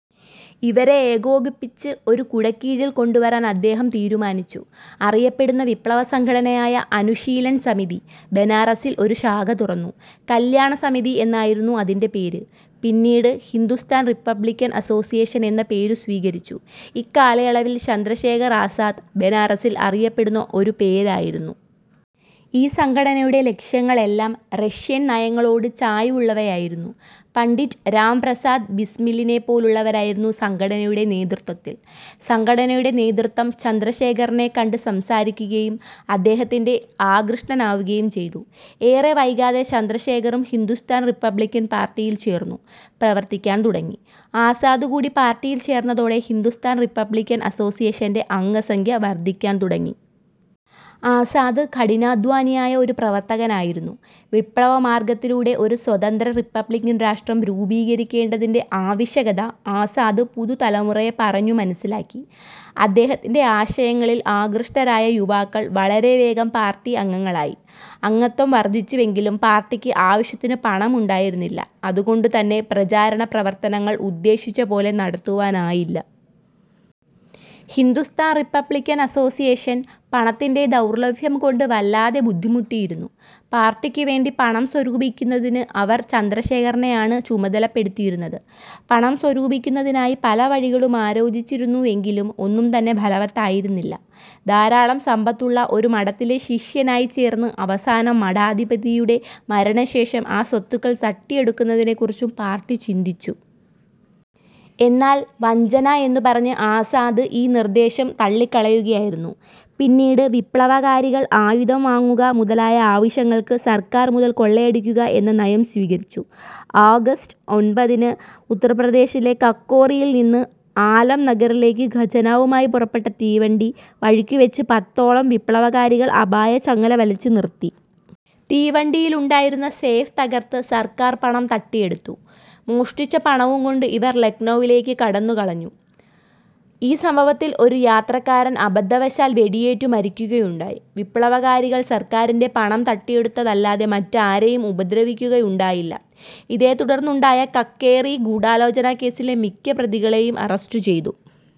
ഇവരെ ഏകോപിപ്പിച്ച് ഒരു കുടക്കീഴിൽ കൊണ്ടുവരാൻ അദ്ദേഹം തീരുമാനിച്ചു. അറിയപ്പെടുന്ന വിപ്ലവസംഘടനയായ അനുശീലൻ സമിതി, ബനാറസിൽ ഒരു ശാഖ തുറന്നു. കല്യാണ സമിതി എന്നായിരുന്നു അതിന്റെ പേര്. പിന്നീട് ഇത് ഹിന്ദുസ്ഥാൻ റിപ്പബ്ലിക്കൻ അസ്സോസിയേഷൻ എന്ന പേരു സ്വീകരിച്ചു. ഇക്കാലയളവിൽ ചന്ദ്രശേഖർ ആസാദ് ബനാറസിൽ അറിയപ്പെടുന്ന ഒരു പേരായിരുന്നു. ഈ സംഘടനയുടെ ലക്ഷ്യങ്ങളെല്ലാം റഷ്യൻ നയങ്ങളോട് ചായ്വുള്ളവയായിരുന്നു. പണ്ഡിറ്റ് രാംപ്രസാദ് ബിസ്മിലിനെപ്പോലുള്ളവരായിരുന്നു സംഘടനയുടെ നേതൃത്വത്തിൽ. സംഘടനയുടെ നേതൃത്വം ചന്ദ്രശേഖറിനെകണ്ട് സംസാരിക്കുകയും അദ്ദേഹത്തിൽ ആകൃഷ്ടനാവുകയുംചെയ്തു. ഏറെ വൈകാതെ ചന്ദ്രശേഖറും ഹിന്ദുസ്ഥാൻ റിപ്പബ്ലിക്കൻ പാർട്ടിയിൽ ചേർന്നു പ്രവർത്തിക്കാൻ തുടങ്ങി. ആസാദ് കൂടി പാർട്ടിയിൽ ചേർന്നതോടെ ഹിന്ദുസ്ഥാൻ റിപ്പബ്ലിക്കൻ അസ്സോസ്സിയേഷന്റെ അംഗസംഖ്യ വർദ്ധിക്കാൻ തുടങ്ങി. ആസാദ് കഠിനാധ്വാനിയായ ഒരു പ്രവർത്തകനായിരുന്നു. വിപ്ലവമാർഗ്ഗത്തിലൂടെ ഒരു സ്വതന്ത്ര റിപ്പബ്ലിക്കൻ രാഷ്ട്രം രൂപീകരിക്കേണ്ടതിന്റെ ആവശ്യകത ആസാദ് പുതു തലമുറയെ പറഞ്ഞു മനസ്സിലാക്കി. അദ്ദേഹത്തിന്റെ ആശയങ്ങളിൽ ആകൃഷ്ടരായ യുവാക്കൾ വളരെ വേഗം പാർട്ടി അംഗങ്ങളായി. അംഗത്വം വർദ്ധിച്ചുവെങ്കിലും, പാർട്ടിക്ക് ആവശ്യത്തിന് പണം ഉണ്ടായിരുന്നില്ല. അതുകൊണ്ടു തന്നെ പ്രചാരണപ്രവർത്തനങ്ങൾ ഉദ്ദേശിച്ചപോലെ നടത്തുവാനായില്ല. ഹിന്ദുസ്ഥാൻ റിപ്പബ്ലിക്കൻ അസ്സോസ്സിയേഷൻ പണത്തിന്റെ ദൗർലഭ്യം കൊണ്ട് വല്ലാതെ ബുദ്ധിമുട്ടിയിരുന്നു. പാർട്ടിക്കുവേണ്ടി പണം സ്വരൂപിക്കുന്നതിന് അവർ ചന്ദ്രശേഖറിനെ ആണ് ചുമതലപ്പെടുത്തിയിരുന്നത്. പണം സ്വരൂപിക്കുന്നതിനായി പല വഴികളും ആലോചിച്ചിരുന്നുവെങ്കിലും ഒന്നും തന്നെ ഫലവത്തായിരുന്നില്ല. ധാരാളം സമ്പത്തുള്ള ഒരു മഠത്തിലെ ശിഷ്യനായി ചേർന്ന് അവസാനം മഠാധിപതിയുടെ മരണശേഷം ആ സ്വത്തുക്കൾ തട്ടിയെടുക്കുന്നതിനെക്കുറിച്ചും പാർട്ടി ചിന്തിച്ചു. എന്നാൽ വഞ്ചന എന്നു പറഞ്ഞ് ആസാദ് ഈ നിർദ്ദേശം തള്ളിക്കളയുകയായിരുന്നു. പിന്നീട്, വിപ്ലവകാരികൾ ആയുധം വാങ്ങുക മുതലായ ആവശ്യങ്ങൾക്ക് സർക്കാർ മുതൽ കൊള്ളയടിക്കുക എന്ന നയം സ്വീകരിച്ചു. ഓഗസ്റ്റ് ഒൻപതിന് ഉത്തർപ്രദേശിലെ കാക്കോറിയിൽ നിന്ന് ആലം നഗറിലേക്ക് ഖജനാവുമായി പുറപ്പെട്ട തീവണ്ടി വഴിക്കു വച്ച് പത്തോളം വിപ്ലവകാരികൾ അപായ ചങ്ങല വലിച്ച് നിർത്തി. തീവണ്ടിയിലുണ്ടായിരുന്ന സേഫ് തകർത്ത് സർക്കാർ പണം തട്ടിയെടുത്തു. മോഷ്ടിച്ച പണവും കൊണ്ട് ഇവർ ലക്നോയിലേക്കു കടന്നു കളഞ്ഞു. ഈ സംഭവത്തിൽ ഒരു യാത്രക്കാരൻ അബന്ധവശാൽ വെടിയേറ്റു മരിക്കുകയുണ്ടായി. വിപ്ലവകാരികൾ സർക്കാരിന്റെ പണം തട്ടിയെടുത്തതല്ലാതെ മറ്റാരേയും ഉപദ്രവിക്കുകയുണ്ടായില്ല. ഇതേ തുടർന്നുണ്ടായ കാക്കേറി ഗൂഢാലോചന കേസിലെ മിക്ക പ്രതികളേയും അറസ്റ്റ് ചെയ്തു.